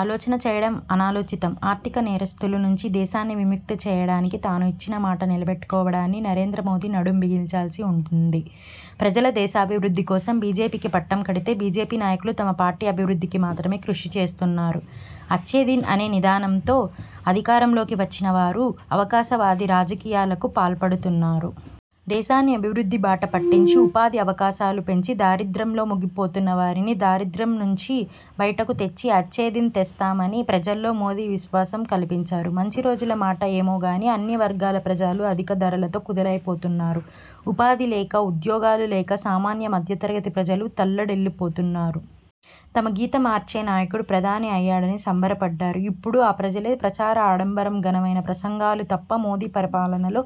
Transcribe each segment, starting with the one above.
ఆలోచన చేయడం అనాలోచితం. ఆర్థిక నేరస్థుల నుంచి దేశాన్ని విముక్తి చేయడానికి తాను ఇచ్చిన మాట నిలబెట్టుకోవడానికి నరేంద్ర మోదీ నడుం బిగించాల్సి ఉంటుంది. ప్రజలు దేశాభివృద్ధి కోసం బీజేపీకి పట్టం కడితే బీజేపీ నాయకులు తమ పార్టీ అభివృద్ధికి మాత్రమే కృషి చేస్తున్నారు! అచ్చేదిన్ అనే నిదానంతో అధికారంలోకి వచ్చిన వారు అవకాశవాద రాజకీయాలకు పాల్పడుతున్నారు. దేశాన్ని అభివృద్ది బాట పట్టించి ఉపాధి అవకాశాలు పెంచి దారిద్ర్యంలో మగ్గిపోతున్న వారిని, దారిద్ర్యం నుంచి బయటకు తెచ్చి అచ్చేదిన్ తెస్తామని ప్రజల్లో మోదీ విశ్వాసం కల్పించారు. మంచి రోజుల మాట ఏమో గాని అన్ని వర్గాల ప్రజలు అధిక ధరలతో కుదులైపోతున్నారు. ఉపాధి లేక, ఉద్యోగాలు లేక సామాన్య, మధ్యతరగతి ప్రజలు తల్లడిల్లిపోతున్నారు. తమ గీత మార్చే నాయకుడు ప్రధాని అయ్యాడని సంబరపడ్డారు. ఇప్పుడు ఆ ప్రజలే ప్రచార ఆడంబరం, ఘనమైన ప్రసంగాలు తప్ప మోదీ పరిపాలనలో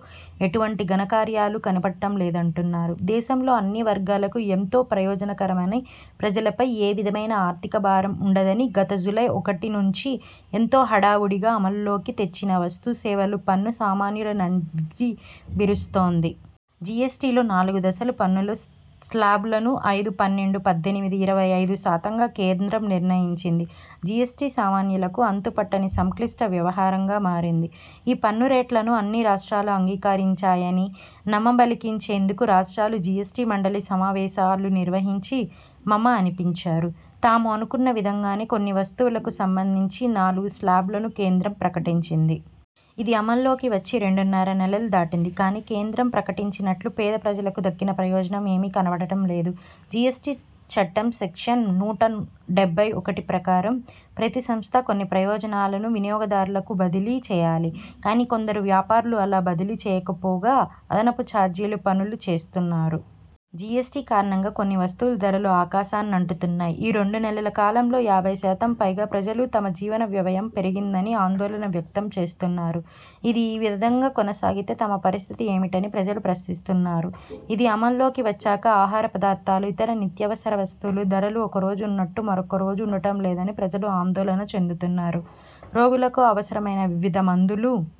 ఎటువంటి ఘనకార్యాలు కనపడటం లేదంటున్నారు. దేశంలో అన్ని వర్గాలకు ఎంతో ప్రయోజనకరమని ప్రజలపై ఏ విధమైన ఆర్థికభారం ఉండదని గత జులై ఒకటి నుంచి ఎంతో హడావుడిగా అమలులోకి తెచ్చిన వస్తు సేవల పన్ను సామాన్యుల నడ్డి విరుస్తోంది. జీఎస్టీలో నాలుగు దశల పన్నుల శ్లాబులను ఐదు, పన్నెండు, పద్దెనిమిది, ఇరవై ఐదు శాతంగా కేంద్రం నిర్ణయించింది. జీఎస్టీ సామాన్యులకు అంతుపట్టని సంక్లిష్ట వ్యవహారంగా మారింది. ఈ పన్నురేట్లను అన్ని రాష్ట్రాలు అంగీకరించాయని నమ్మబలికించేందుకు రాష్ట్రాల జీఎస్టీమండలి సమావేశాలు నిర్వహించి మమ అనిపించారు. తాము అనుకున్న విధంగానే కొన్ని వస్తువులకు సంబంధించి నాలుగు శ్లాబులను కేంద్రం ప్రకటించింది. ఇది అమలులోకి వచ్చి రెండున్నర నెలలు దాటింది. కానీ కేంద్రం ప్రకటించినట్లు పేద ప్రజలకు దక్కిన ప్రయోజనం ఏమి కనపడటంలేదు. జీఎస్టీ చట్టం సెక్షన్- నూట డెబ్బై ఒకటి ప్రకారం ప్రతి సంస్థ కొన్ని ప్రయోజనాలను వినియోగదారులకు బదిలీ చేయాలి. కానీ కొందరు వ్యాపారులు అలా బదిలీ చేయకపోగా అదనపు చార్జీలు వసూలు చేస్తున్నారు. జీఎస్టీ కారణంగా కొన్ని వస్తువుల ధరలు ఆకాశాన్ని అంటుతున్నాయి. ఈ రెండు నెలల కాలంలో యాభైశాతం పైగా ప్రజలు తమ జీవన వ్యవయం పెరిగిందని ఆందోళన వ్యక్తం చేస్తున్నారు. ఇది ఈ విధంగా కొనసాగితే తమ పరిస్థితి ఏమిటని ప్రజలు ప్రశ్నిస్తున్నారు. ఇది అమలులోకి వచ్చాక ఆహార పదార్థాలు, ఇతర నిత్యావసర వస్తువుల ధరలు ఒకరోజు ఉన్నట్టు మరొక రోజు ఉండటం లేదని ప్రజలు ఆందోళన చెందుతున్నారు. రోగులకు అవసరమైన వివిధ మందులు,